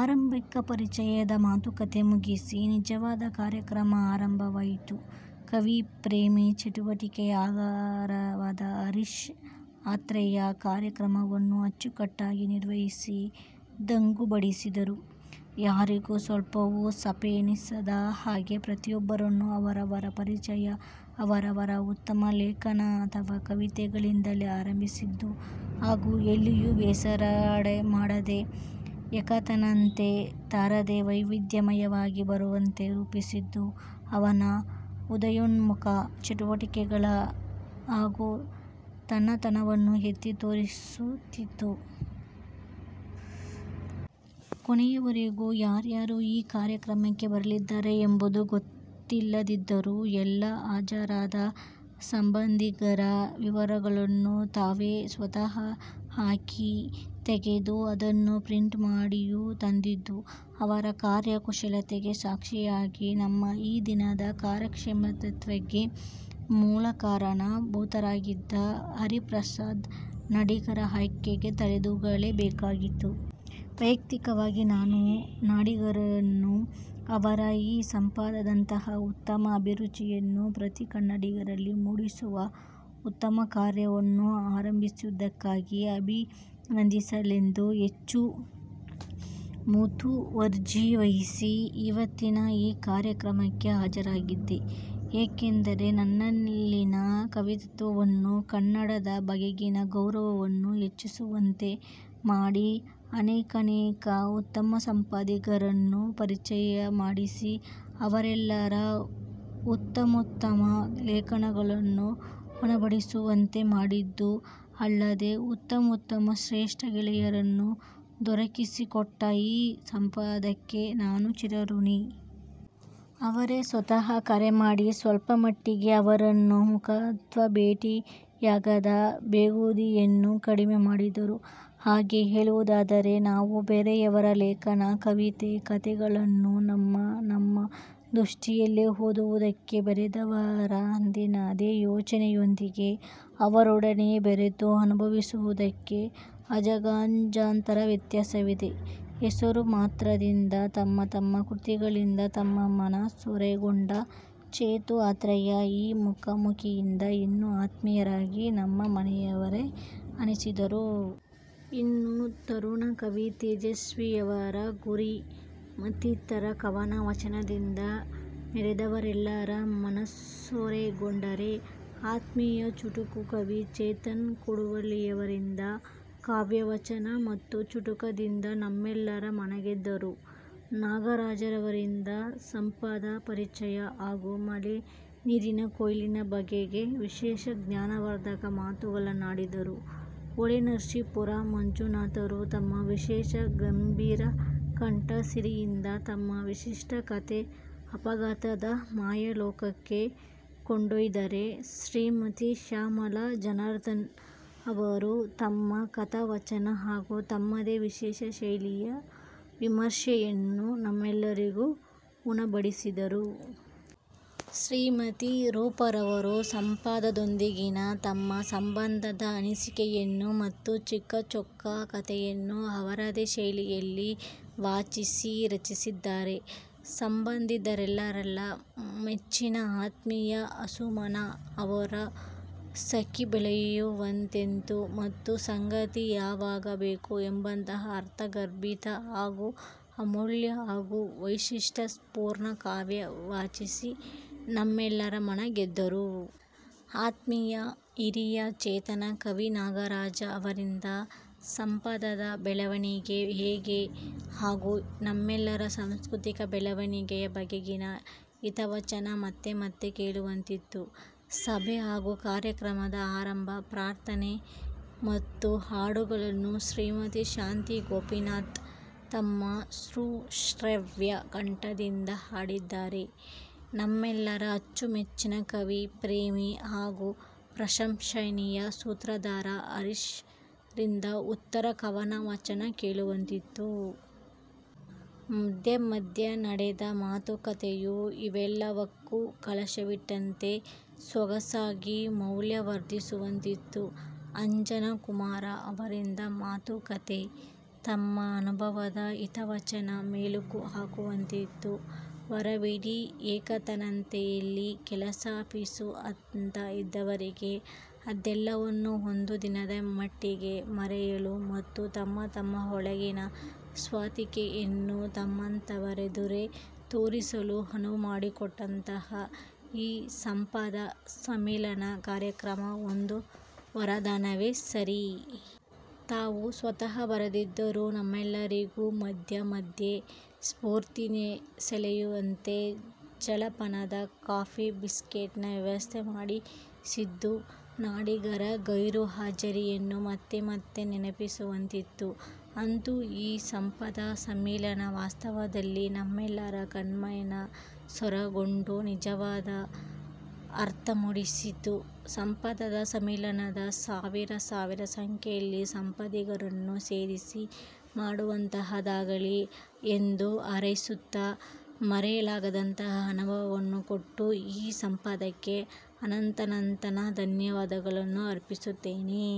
ಆರಂಭಿಕ ಪರಿಚಯದ ಮಾತುಕಥೆ ಮುಗಿಸಿ, ನಿಜವಾದ ಕಾರ್ಯಕ್ರಮ ಆರಂಭವಾಯ್ತು. ಕವಿ ಪ್ರೇಮಿ, ಚಟುವಟಿಕೆಯ ಆಗರವಾದ ಹರೀಶ್ ಆತ್ರೇಯ ಕಾರ್ಯಕ್ರಮವನ್ನು ಅಚ್ಚುಕಟ್ಟಾಗಿ ನಿರ್ವಹಿಸಿ ದಂಗು ಬಡಿಸಿದರು. ಯಾರಿಗೂ ಸ್ವಲ್ಪವೂ ಸಪ್ಪೆ ಎನಿಸದ ಹಾಗೆ ಪ್ರತಿಯೊಬ್ಬರನ್ನೂ ಅವರವರ ಪರಿಚಯ ಅವರವರ ಉತ್ತಮ ಲೇಖನ ಅಥವಾ ಕವಿತೆಗಳಿಂದಲೇ ಆರಂಭಿಸಿದ್ದು ಹಾಗೂ ಎಲ್ಲಿಯೂ ಬೇಸರಕ್ಕೆಡಮಾಡದೇ, ಎಕತಾನತೆ ತಾರದೇ ವೈವಿಧ್ಯಮಯವಾಗಿ ಬರುವಂತೆ ರೂಪಿಸಿದ್ದು ಅವರ ಉದಯೋನ್ಮುಖ ಚಟುವಟಿಕೆಗಳ ಹಾಗೂ ತನ್ನತನವನ್ನು ಎತ್ತಿ ತೋರಿಸುತ್ತಿತ್ತು. ಕೊನೆಯವರೆಗೂ ಯಾರ್ಯಾರು ಈ ಕಾರ್ಯಕ್ರಮಕ್ಕೆ ಬರಲಿದ್ದಾರೆ ಎಂಬುದು ಗೊತ್ತಿಲ್ಲದಿದ್ದರೂ ಎಲ್ಲಾ ಹಾಜರಾದ ಸಂಪದಿಗರ ವಿವರಗಳನ್ನು ತಾವೇ ಸ್ವತಹ ಹೆಕ್ಕಿ ತೆಗೆದು ಅದನ್ನು ಪ್ರಿಂಟ್ ಮಾಡಿಯೂ ತಂದಿದ್ದು ಅವರ ಕಾರ್ಯ ಕುಶಲತೆಗೆ ಸಾಕ್ಷಿಯಾಗಿ, ನಮ್ಮ ಈ ದಿನದ ಕಾರ್ಯಕ್ಷಮತ್ವತೆಗೆ ಮೂಲ ಕಾರಣ ಭೂತರಾಗಿದ್ದ ಹರಿಪ್ರಸಾದ ನಾಡಿಗರ ಅಯ್ಕೆಗೆ ತಲೆದೂಗಲೇ ಬೇಕಾಗಿತ್ತು. ವಯ್ಯಕ್ತಿಕವಾಗಿ ನಾನು ನಾಡಿಗರನ್ನು ಅವರ ಈ ಸಂಪದದಂತಹ ಉತ್ತಮ ಅಭಿರುಚಿಯನ್ನು ಪ್ರತಿ ಕನ್ನಡಿಗರಲ್ಲಿ ಮೂಡಿಸುವ ಉತ್ತಮಕಾರ್ಯವನ್ನು ಅರಂಭಿಸಿದುದಕ್ಕಾಗಿ ಅಭಿನಂದಿಸಲೆಂದೇ ಹೆಚ್ಚು ಮುತುವರ್ಜಿ ವಹಿಸಿ ಇವತ್ತಿನ ಈ ಕಾರ್ಯಕ್ರಮಕ್ಕೆ ಹಾಜರಾಗಿದ್ದೆ, ಏಕೆಂದರೆ ನನ್ನಲ್ಲಿನ ಕವಿತ್ವವನ್ನು ಕನ್ನಡದ ಬಗೆಗಿನ ಗೌರವವನ್ನು ಹೆಚ್ಚಿಸುವಂತೆ ಮಾಡಿ ಅನೇಕಾನೇಕ ಉತ್ತಮ ಸಂಪದಿಗರನ್ನು ಪರಿಚಯಮಾಡಿಸಿ, ಅವರೆಲ್ಲರ ಉತ್ತಮೋತ್ತಮ ಲೇಖನಗಳನ್ನು ಉಣಬಡಿಸುವಂತೆ ಮಾಡಿದ್ದೂ ಅಲ್ಲದೇ ಉತ್ತಮೋತ್ತಮ ಶ್ರೇಷ್ಠ ಗೆಳೆಯರನ್ನೂ ದೊರಕಿಸಿಕೊಟ್ಟ ಈ ಸಂಪದಕ್ಕೆ ನಾನು ಚಿರಋಣಿ. ಅವರೇ ಸ್ವತಹ ಕರೆಮಾಡಿ ಸ್ವಲ್ಪ ಮಟ್ಟಿಗೆ ಅವರನ್ನು ಮುಖತಃ ಭೇಟಿಯಾಗದ ಬೇಗುದಿಯನ್ನು ಕಡಿಮೆ ಮಾಡಿದ್ದರು. ಹಾಗೆ ಹೇಳುವುದಾದರೆ ನಾವು ಬೇರೆಯವರ ಲೇಖನ, ಕವಿತೆ, ಕಥೆಗಳನ್ನು ನಮ್ಮ ನಮ್ಮ ದೃಷ್ಟಿಯಲ್ಲೇ ಓದುವುದಕ್ಕೂ, ಬರೆದವರ ಅಂದಿನ ಅದೇ ಯೋಚನೆಯೊಂದಿಗೆ ಅವರೊಡನೆಯೇ ಬೆರೆತು ಅನುಭವಿಸುವದಕ್ಕೂ ಅಜಗಜಾಂತರ ವ್ಯತ್ಯಾಸವಿದೆ. ಹೆಸರು ಮಾತ್ರದಿಂದ ತಮ್ಮ ತಮ್ಮ ಕೃತಿಗಳಿಂದ ನಮ್ಮ ಮನ ಸೂರೆಗೊಂಡ ಚೇತೂ, ಆತ್ರೇಯ, ಈ ಮುಖಾ ಮುಖಿಯಿಂದ ಇನ್ನೂ ಆತ್ಮೀಯರಾಗಿ ನಮ್ಮ ಮನೆಯವರೇ ಅನ್ನಿಸಿದರು. ಇನ್ನು ತರುಣ ಕವಿ ತೇಜಸ್ವೀಯವರ "ಗುರಿ",ಮತ್ತಿತರ ಕವನ ವಾಚನದಿಂದ ನೆರೆದವರೆಲ್ಲರ ಮನಸೂರೆಗೊಂಡರೆ, ಆತ್ಮೀಯ ಚುಟುಕು ಕವಿ ಚೇತನ್ ಕೂಡುವಳ್ಳಿಯವರಿಂದ ಕಾವ್ಯವಾಚನ ಮತ್ತು ಚುಟುಕದಿಂದ ನಮ್ಮೆಲ್ಲರ ಮನಗೆದ್ದರು. ನಾಗರಾಜರವರಿಂದ ಸಂಪದ ಪರಿಚಯ ಹಾಗೂ ಮಳೆನೀರಿನ ಕೊಯ್ಲಿನ ಬಗೆಗೆ ವಿಶೇಷ ಜ್ಞಾನವರ್ಧಕ ಮಾತುಗಳನ್ನಾಡಿದರು. ಹೊಳೆನರಸೀಪುರ ಮಂಜುನಾಥರು ತಮ್ಮ ವಿಶೇಷ ಗಂಭೀರ ಕಂಠ ಸಿರಿಯಿಂದ ತಮ್ಮ ವಿಶಿಷ್ಟ ಕಥೆ "ಅಫಘಾತ"ದ ಮಾಯಾಲೋಕಕ್ಕೆ ಕೊಂಡೊಯ್ದರೆ, ಶ್ರೀಮತಿ ಶ್ಯಾಮಲಾ ಜನಾರ್ಧನನ್ ಅವರು ತಮ್ಮ ಕಥಾವಾಚನ ಹಾಗೂ ತಮ್ಮದೇ ವಿಶೇಷ ಶೈಲಿಯ ವಿಮರ್ಶೆಯನ್ನೂ ನಮಗೆಲ್ಲರಿಗೂ ಉಣಬಡಿಸಿದರು. ಶ್ರೀಮತಿ ರೂಪಾ ರವರು ಸಂಪದದೊಂದಿಗಿನ ತಮ್ಮ ಸಂಭಂದದ ಅನಿಸಿಕೆಯನ್ನೂ ಮತ್ತು ಚಿಕ್ಕಚೊಕ್ಕ ಕಥೆಯನ್ನೂ ಅವರದೇ ಶೈಲಿಯಲ್ಲಿ ವಾಚಿಸಿ ರಂಜಿಸಿದರೆ, ಸಂಪದಿಗರೆಲ್ಲರ ಮೆಚ್ಚಿನ ಆತ್ಮೀಯ ಆಸುಮನ ಅವರು "ಸಖಿ, ಬೆಳೆಯುವದೆಂತು, ಮತ್ತು ಸಂಗಾತಿ ಯಾವಾಗ ಬೇಕು" ಎಂಬಂತಹ ಅರ್ಥಗರ್ಭಿತ, ಹಾಗೂ ಅಮೂಲ್ಯ ಹಾಗೂ ವೈಶಿಷ್ಟ ಪೂರ್ಣ ಕಾವ್ಯ ವಾಚಿಸಿ ನಮ್ಮೆಲ್ಲರ ಮನ ಗೆದ್ದರು. ಆತ್ಮೀಯ, ಹಿರಿಯ, ಚೇತನ ಕವಿ ನಾಗರಾಜ ಅವರಿಂದ ಸಂಪದದ ಬೆಳವಣಿಗೆ ಹೇಗೆ ಹಾಗೂ ನಮ್ಮೆಲ್ಲರ ಸಾಂಸ್ಕೃತಿಕ ಬೆಳವಣಿಗೆಯ ಬಗೆಗಿನ ಹಿತವಚನ ಮತ್ತೆ ಮತ್ತೆ ಕೇಳುವಂತಿತ್ತು. ಸಭೆ ಹಾಗೂ ಕಾರ್ಯಕ್ರಮದ ಆರಂಭ ಪ್ರಾರ್ಥನೆ ಮತ್ತು ಹಾಡುಗಳನ್ನು ಶ್ರೀಮತಿ ಶಾಂತಿ ಗೋಪೀನಾಥ್ ತಮ್ಮ ಸುಶ್ರಾವ್ಯ ಕಂಠದಿಂದ ಹಾಡಿದ್ದರೆ, ನಮ್ಮೆಲ್ಲರ ಅಚ್ಚುಮೆಚ್ಚಿನ ಕವಿ, ಪ್ರೇಮಿ, ಹಾಗೂ ಪ್ರಶಂಶನೀಯ ಸೂತ್ರಧಾರ ಹರೀಶ್ ರಿಂದ "ಉತ್ತರ ಕವನ" ವಾಚನ ಕೇಳುವಂತಿತ್ತು. ಮಧ್ಯೆ ಮಧ್ಯೆ ನಡೆದ ಮಾತು ಕಥೆಯೂ ಇವೆಲ್ಲವಕ್ಕೂ ಕಳಶವಿಟ್ಟಂತೆ ಸೊಗಸಾಗಿ ಮೌಲ್ಯವರ್ಧಿಸುವಂತಿತ್ತು. ಅಂಜನ ಕುಮಾರ ಅವರಿಂದ ಮಾತು ಕಥೆ ತಮ್ಮ ಅನುಭವದ ಹಿತವಚನ ಮೆಲುಕು ಹಾಕುವಂತಿತ್ತು ವಾರವಿಡೀ ಏಕತಾನತೆಯಲ್ಲಿ ಕೆಲಸ ಆಫೀಸು ಅಂತ ಇದ್ದವರಿಗೆ, ಅದೆಲ್ಲವನ್ನೂ ಒಂದು ದಿನದ ಮಟ್ಟಿಗೆ ಮರೆಯಲು, ಮತ್ತು ತಮ್ಮ ತಮ್ಮ ಒಳಗಿನ ಸ್ವಂತಿಕೆಯನ್ನು ತಮ್ಮಂತವರೆದುರೇ ತೋರಿಸಲು ಅನುವು ಮಾಡಿಕೊಟ್ಟಂತಹ ಈ ಸಂಪದ ಸಂಮಿಲನ ಕಾರ್ಯಕ್ರಮ ಒಂದು ವರದಾನವೇ ಸರಿ. ತಾವು ಸ್ವತಹ ಬಾರದಿದ್ದರೂ ನಮಗೆಲ್ಲರಿಗೂ ಮಧ್ಯೆ ಮಧ್ಯೆ ಸ್ಪೂರ್ತಿ ಸೆಲೆಯಂತೆ ಜಲಪಾನದ, ಕಾಫಿ ಬಿಸ್ಕಿಟ್ ನ ವ್ಯವಸ್ಥೆ ಮಾಡಿಸಿದ್ದು, ನಾಡಿಗರ ಗೈರು ಹಾಜರಿಯನ್ನು ಮತ್ತೆ ಮತ್ತೆ ನೆನಪಿಸುವಂತಿತ್ತು. ಅಂತೂ ಈ ಸಂಪದ ಸಂಮಿಲನ ವಾಸ್ತವದಲ್ಲಿ ನಮ್ಮೆಲ್ಲರ ಕಣ್ಮನ ಸೂರೆಗೊಂಡು ನಿಜದ ಅರ್ಥ ಮೂಡಿಸಿತು. ಸಂಪದದ ಸಂಮಿಲನ ಸಾವಿರ ಸಾವಿರ ಸಂಖ್ಯೆಯಲ್ಲಿ ಸಂಪದಿಗರನ್ನು ಸೇರಿಸಿ ಮಾಡುವಂತಹದ್ದಾಗಲಿ ಎಂದು ಹಾರೈಸುತ್ತ, ಮರೆಯಲಾಗದಂತಹ ಅನುಭವವನ್ನು ಕೊಟ್ಟ ಈ ಸಂಪದಕ್ಕೆ ಅನಂತಾನಂತ ಧನ್ಯವಾದಗಳನ್ನು ಅರ್ಪಿಸುತ್ತೇನೆ.